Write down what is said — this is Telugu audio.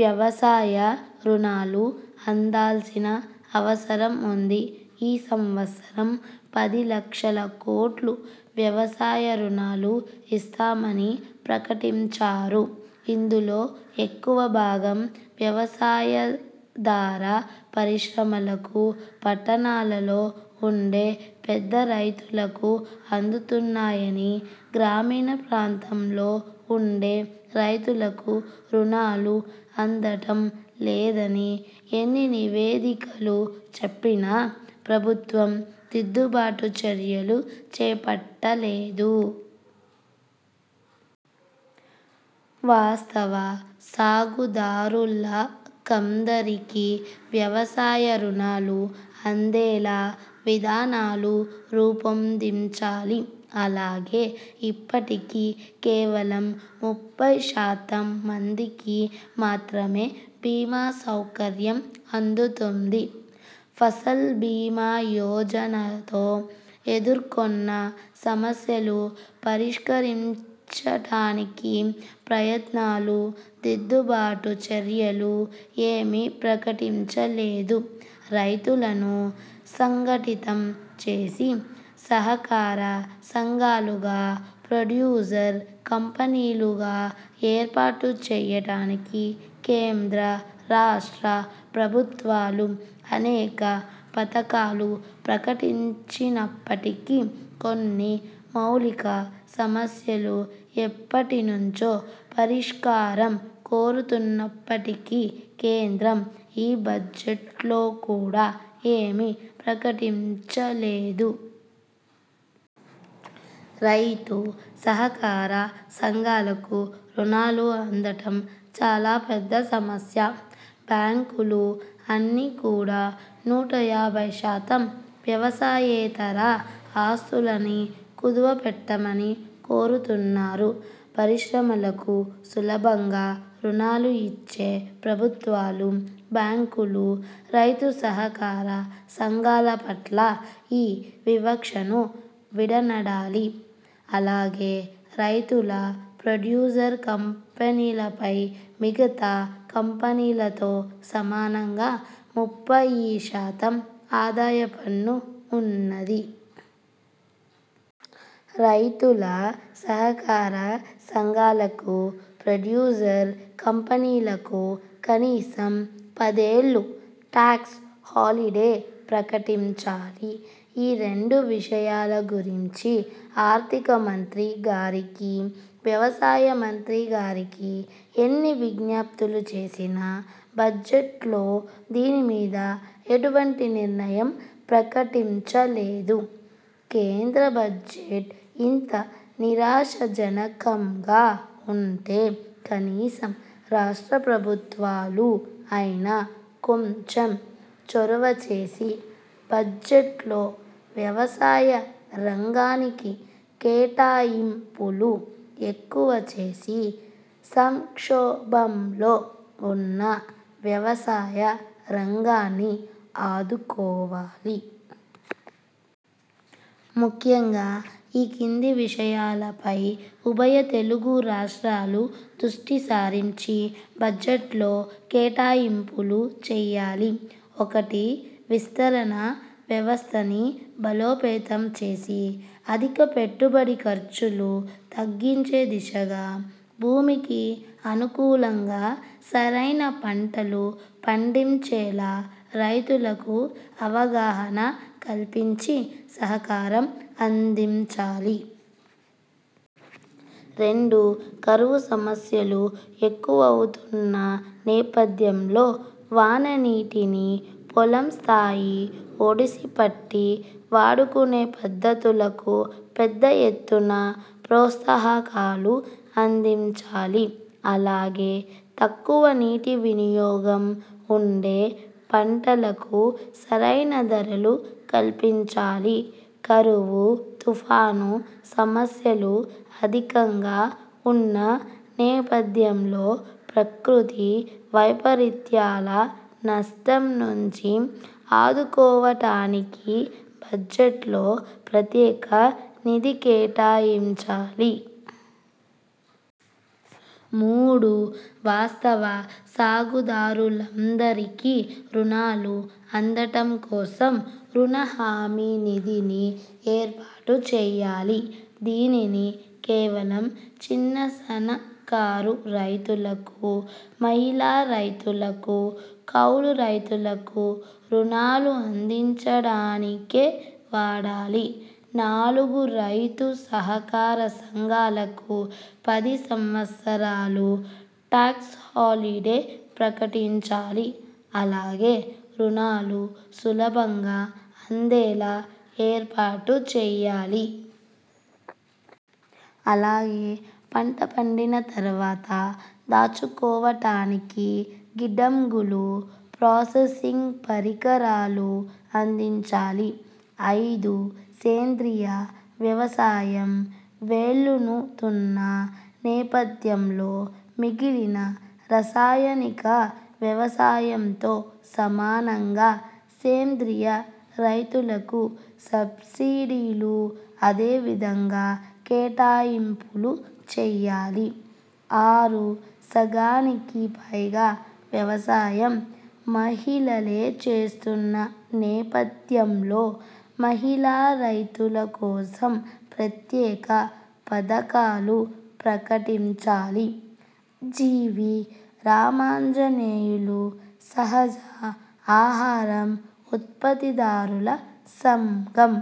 వ్యవసాయ రుణాలు అందాల్సిన అవసరం వుంది. ఈ సంవత్సరం పది లక్షల కోట్లు వ్యవసాయ రుణాలు ఇస్తామని ప్రకటించారు. ఇందులో ఎక్కువ భాగం వ్యవసాయాధార పరిశ్రమలకు, పట్టణాలలో వుండే పెద్ద రైతులకు అందుతున్నాయని, గ్రామీణ ప్రాంతంలో వుండే రైతులకు రుణాలు అందటం లేదని ఎన్ని నివేదికలు చెప్పినా ప్రభుత్వం దిద్దుబాటు చర్యలు చేపట్టలేదు. వాస్తవ సాగుదారులకందరికీ వ్యవసాయ రుణాలు అందేలా విధానాలు రూపొందించాలి. అలాగే ఇప్పటికీ కేవలం ముప్పై శాతం మందికి మాత్రమే బీమా సౌకర్యం అందుతోంది. ఫసల్ భీమా యోజనతో ఎదుర్కొన్న సమస్యలు పరిష్కరించటానికి ప్రయత్నాలు, దిద్దుబాటు చర్యలు ఏమీ ప్రకటించలేదు. రైతులను సంఘటితం చేసి సహకార సంఘాలుగా, ప్రొడ్యూసర్ కంపెనీలుగా ఏర్పాటు చేయటానికి కేంద్ర రాష్ట్ర ప్రభుత్వాలు అనేక పథకాలు ప్రకటించినప్పటికీ, కొన్ని మౌలిక సమస్యలు ఎప్పటి నుంచో పరిష్కారం కోరుతున్నప్పటికీ కేంద్రం ఈ బడ్జెట్లో కూడా ఏమీ ప్రకటించలేదు. రైతు సహకార సంఘాలకు రుణాలు అందటం చాలా పెద్ద సమస్య. బ్యాంకులు అన్నీ కూడా నూట యాభై శాతం వ్యవసాయేతర ఆస్తులని కుదువ పెట్టమని కోరుతున్నారు. పరిశ్రమలకు సులభంగా రుణాలు ఇచ్చే ప్రభుత్వాలు, బ్యాంకులు రైతు సహకార సంఘాల పట్ల ఈ వివక్షను విడనాడాలి. అలాగే రైతుల ప్రొడ్యూసర్ కంపెనీలపై మిగతా కంపెనీలతో సమానంగా ముప్పయి శాతం ఆదాయ పన్ను వున్నది. రైతుల సహకార సంఘాలకు, ప్రొడ్యూసర్ కంపెనీలకు కనీసం పదేళ్ళు టాక్స్ హాలిడే ప్రకటించాలి. ఈ రెండు విషయాల గురించి ఆర్థిక మంత్రి గారికి, వ్యవసాయ మంత్రి గారికి ఎన్ని విజ్ఞప్తులు చేసినా బడ్జెట్లో దీని మీద ఎటువంటి నిర్ణయం ప్రకటించలేదు. కేంద్ర బడ్జెట్ ఇంత నిరాశాజనకంగా వుంటే కనీసం రాష్ట్ర ప్రభుత్వాలు అయినా కొంచెం చొరవచేసి బడ్జెట్లో వ్యవసాయ రంగానికి కేటాయింపులు ఎక్కువ చేసి సంక్షోభంలో వున్న వ్యవసాయ రంగాన్ని ఆదుకోవాలి. ముఖ్యంగా ఈ కింది విషయాల పై ఉభయ తెలుగు రాష్ట్రాలు దృష్టి సారించి బడ్జెట్లో కేటాయింపులు చేయాలి. ఒకటి విస్తరణ వ్యవస్థని బలోపేతం చేసి, అధిక పెట్టుబడి ఖర్చులు తగ్గించే దిశగా, భూమికి అనుకూలంగా సరైన పంటలు పండించేలా రైతులకు అవగాహన కల్పించి, సహకారం అందించాలి. రెండు కరువు సమస్యలు ఎక్కువవుతున్న నేపథ్యంలో వాన నీటిని పొలం స్థాయి ఒడిసి పట్టి వాడుకునే పద్ధతులకు పెద్ద ఎత్తున ప్రోత్సాహకాలు అందించాలి అలాగే తక్కువ నీటి వినియోగం వుండే పంటలకు సరైన ధరలు కల్పించాలి. కరువు, తుఫాను సమస్యలు అధికంగా వున్న నేపథ్యంలో ప్రకృతి వైపరీత్యాల నష్టం నుంచి ఆదుకోవటానికి బడ్జెట్ లో ప్రత్యేక నిధి కేటాయించాలి. మూడు వాస్తవ సాగుదారులందరికీ రుణాలు అందటం కోసం 'రుణ హామీ నిధి'ని ఏర్పాటు చేయాలి. దీనిని కేవలం చిన్న సన్నకారు రైతులకు, మహిళా రైతులకు, కౌలు రైతులకు రుణాలు అందించడానికే వాడాలి. నాలుగు రైతు సహకార సంఘాలకు పది సంవత్సరాలు టాక్స్ హాలిడే ప్రకటించాలి, ఆలాగే రుణాలు సులభంగా అందేలా ఏర్పాటు చేయాలి. అలాగే పంట పండిన తర్వాత దాచుకోవటానికి గిడ్డంగులు, ప్రాసెసింగ్ పరికరాలు అందించాలి. ఐదు సేంద్రియ వ్యవసాయం వేళ్ళూనుతున్న నేపథ్యంలో మిగిలిన రసాయనిక వ్యవసాయంతో సమానంగా సేంద్రియ రైతులకు సబ్సిడీలు అందే విధంగా కేటాయింపులు చేయాలి. ఆరు సగానికి పైగా వ్యవసాయం మహిళలే చేస్తున్న నేపథ్యంలో మహిళా రైతుల కోసం ప్రత్యేక పధకాలు ప్రకటించాలి. జి. వి. రామాంజనేయులు సహజ ఆహారం ఉత్పత్తిదారుల సంఘం